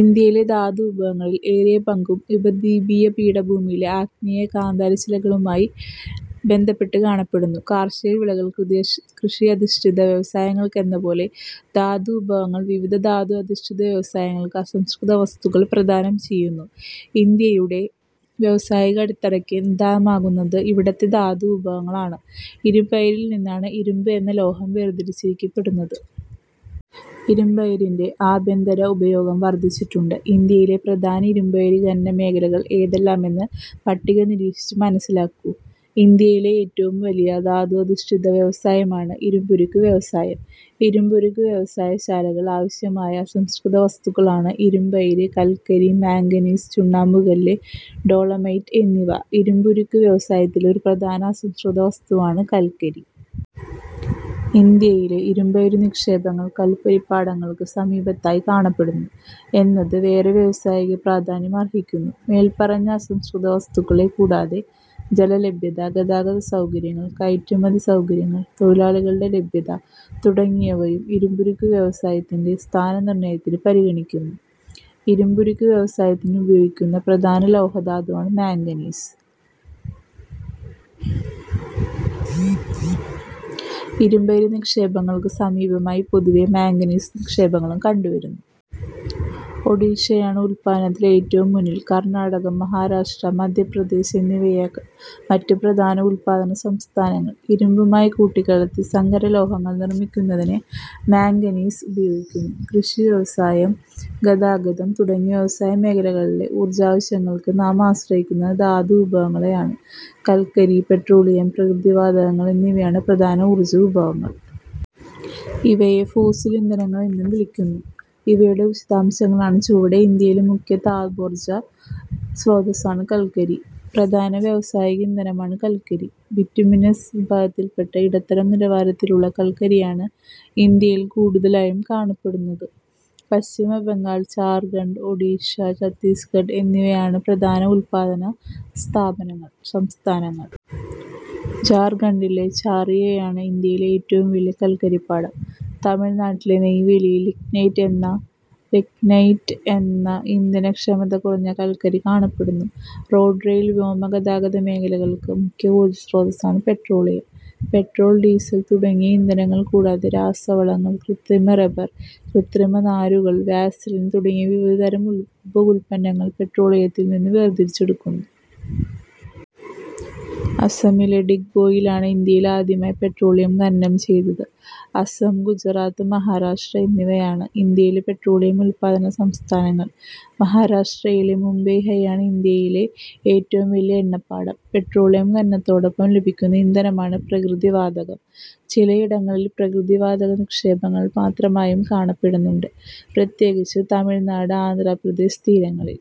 ഇന്ത്യയിലെ ധാതുവിഭവങ്ങളിൽ ഏറിയ പങ്കും ഉപദ്വീപീയ പീഠഭൂമിയിലെ ആഗ്നേയ-കായാന്തരിത ശിലകളുമായി ബന്ധപ്പെട്ട് കാണപ്പെടുന്നു. കാർഷികവിളകൾ കൃഷിയധിഷ്ഠിത വ്യവസായങ്ങൾക്കെന്നപോലെ ധാതുവിഭവങ്ങൾ വിവിധ ധാതു അധിഷ്ഠിത വ്യവസായങ്ങൾക്ക് അസംസ്കൃത വസ്തുക്കൾ പ്രദാനം ചെയ്യുന്നു. ഇന്ത്യയുടെ വ്യാവസായിക അടിത്തറയ്ക്ക് നിദാനമാകുന്നത് ഇവിടത്തെ ധാതുവിഭവങ്ങളാണ്. ഇരുമ്പയിരിൽ നിന്നാണ് ഇരുമ്പ് എന്ന ലോഹം വേർതിരിച്ചെടുക്കപ്പെടുന്നത്. ഇരുമ്പയിരിന്റെ ആഭ്യന്തര ഉപയോഗം വർധിച്ചിട്ടുണ്ട്. ഇന്ത്യയിലെ പ്രധാന ഇരുമ്പയിര് ഖനനമേഖലകൾ ഏതെല്ലാമെന്ന് പട്ടിക നിരീക്ഷിച്ച് മനസ്സിലാക്കൂ. ഇന്ത്യയിലെ ഏറ്റവും വലിയ ധാതു അധിഷ്ഠിത വ്യവസായമാണ് ഇരുമ്പുരുക്ക് വ്യവസായം. ഇരുമ്പുരുക്ക് വ്യവസായശാലകൾക്ക് ആവശ്യമായ അസംസ്കൃത വസ്തുക്കളാണ് ഇരുമ്പയിര്, കൽക്കരി, മാംഗനീസ്, ചുണ്ണാമ്പുകല്ല്, ഡോളമൈറ്റ് എന്നിവ. ഇരുമ്പുരുക്കു വ്യവസായത്തിലെ ഒരു പ്രധാന അസംസ്കൃതവസ്തുവാണ് കൽക്കരി. ഇന്ത്യയിലെ ഇരുമ്പയിരു നിക്ഷേപങ്ങൾ കൽക്കരിപ്പാടങ്ങൾക്ക് സമീപത്തായി കാണപ്പെടുന്നു എന്നത് ഏറെ വ്യാവസായിക പ്രാധാന്യ മർഹിക്കുന്നു. മേൽപ്പറഞ്ഞ അസംസ്കൃതവസ്തുക്കളെ കൂടാതെ ജലലഭ്യത, ഗതാഗത സൗകര്യങ്ങൾ, കയറ്റുമതി സൗകര്യങ്ങൾ, തൊഴിലാളികളുടെ ലഭ്യത തുടങ്ങിയവയും ഇരുമ്പുരുക്കുവ്യവസായത്തിന്റെ സ്ഥാനനിർണയത്തിന് പരിഗണിക്കുന്നു. ഇരുമ്പുരുക്കു വ്യവസായത്തിൽ ഉപയോഗിക്കുന്ന പ്രധാന ലോഹധാതുവാണ് മാംഗനീസ്. ഇരുമ്പയിരു നിക്ഷേപങ്ങൾക്കു സമീപമായി പൊതുവെ മാംഗനീസ് നിക്ഷേപങ്ങളും കണ്ടുവരുന്നു. ഒഡിഷയാണ് ഉൽപ്പാദനത്തിൽ ഏറ്റവും മുന്നിൽ. കർണാടകം, മഹാരാഷ്ട്ര, മധ്യപ്രദേശ് എന്നിവയാണ് മറ്റ് പ്രധാന ഉൽപ്പാദക സംസ്ഥാനങ്ങൾ. ഇരുമ്പുമായി കൂട്ടിക്കലർത്തി സങ്കരലോഹങ്ങൾ നിർമിക്കുന്നതിന് മാംഗനീസ് ഉപയോഗിക്കുന്നു. കൃഷി, വ്യവസായം, ഗതാഗതം തുടങ്ങി വിവിധ മേഖലകളിലെ ഊർജാവശ്യങ്ങൾക്ക് നാം ആശ്രയിക്കുന്നത് ധാതുവിഭവങ്ങളെയാണ്. കൽക്കരി, പെട്രോളിയം, പ്രകൃതിവാതകങ്ങൾ എന്നിവയാണ് പ്രധാന ഊർജ വിഭവങ്ങൾ. ഇവയെ ഫോസിൽ ഇന്ധനങ്ങൾ എന്നും വിളിക്കുന്നു. ഇവയുടെ വിശദാംശങ്ങളാണ് ചുവടെ. ഇന്ത്യയിലെ മുഖ്യ താപോർജസ്രോതസ്സാണ് കൽക്കരി. പ്രധാന വ്യാവസായിക ഇന്ധനമാണ് കൽക്കരി, ബിറ്റുമിനസ് വിഭാഗത്തിൽപ്പെട്ട ഇടത്തരം നിലവാരത്തിലുള്ള കൽക്കരിയാണ് ഇന്ത്യയിൽ കൂടുതലായും കാണപ്പെടുന്നത്. പശ്ചിമ ബംഗാൾ, ഝാർഖണ്ഡ്, ഒഡിഷ, ഛത്തീസ്ഗഡ് എന്നിവയാണ് പ്രധാന ഉൽപ്പാദക സംസ്ഥാനങ്ങൾ. ഝാർഖണ്ഡിലെ ഝാറിയയാണ് ഇന്ത്യയിലെ ഏറ്റവും വലിയ കൽക്കരിപ്പാടം. തമിഴ്നാട്ടിലെ നെയ് വേലിയിൽ ലിഗ്നൈറ്റ് എന്ന ഇന്ധനക്ഷമത കുറഞ്ഞ കൽക്കരി കാണപ്പെടുന്നു. റോഡ്-റെയിൽ വ്യോമ ഗതാഗത മേഖലകൾക്ക് മുഖ്യ ഊർജസ്രോതസ്സാണ് പെട്രോളിയം. പെട്രോൾ, ഡീസൽ തുടങ്ങിയ ഇന്ധനങ്ങൾ കൂടാതെ രാസവളങ്ങൾ, കൃത്രിമ റബർ, കൃത്രിമനാരുകൾ, വാസലിൻ തുടങ്ങി വിവിധ തരം ഉപ ഉൽപ്പന്നങ്ങൾ പെട്രോളിയത്തിൽനിന്നു വേർതിരിച്ചെടുക്കുന്നു. അസമിലെ ഡിഗ്ബോയിലാണ് ഇന്ത്യയിൽ ആദ്യമായി പെട്രോളിയം ഖനനം ചെയ്തത്. അസം, ഗുജറാത്ത്, മഹാരാഷ്ട്ര എന്നിവയാണ്. ഇന്ത്യയിലെ പെട്രോളിയം ഉൽപാദക സംസ്ഥാനങ്ങൾ. മഹാരാഷ്ട്രയിലെ മുംബൈ-ഹൈയാണ് ഇന്ത്യയിലെ ഏറ്റവും വലിയ എണ്ണപ്പാടം. പെട്രോളിയം ഖനനത്തോടൊപ്പം ലഭിക്കുന്ന ഇന്ധനമാണ് പ്രകൃതിവാതകം. ചിലയിടങ്ങങ്ങളിൽ പ്രകൃതിവാതക നിക്ഷേപങ്ങൾ മാത്രമായും കാണപ്പെടുന്നുണ്ട്, പ്രത്യേകിച്ച് തമിഴ്നാട്, ആന്ധ്രാപ്രദേശ് തീരങ്ങളിൽ.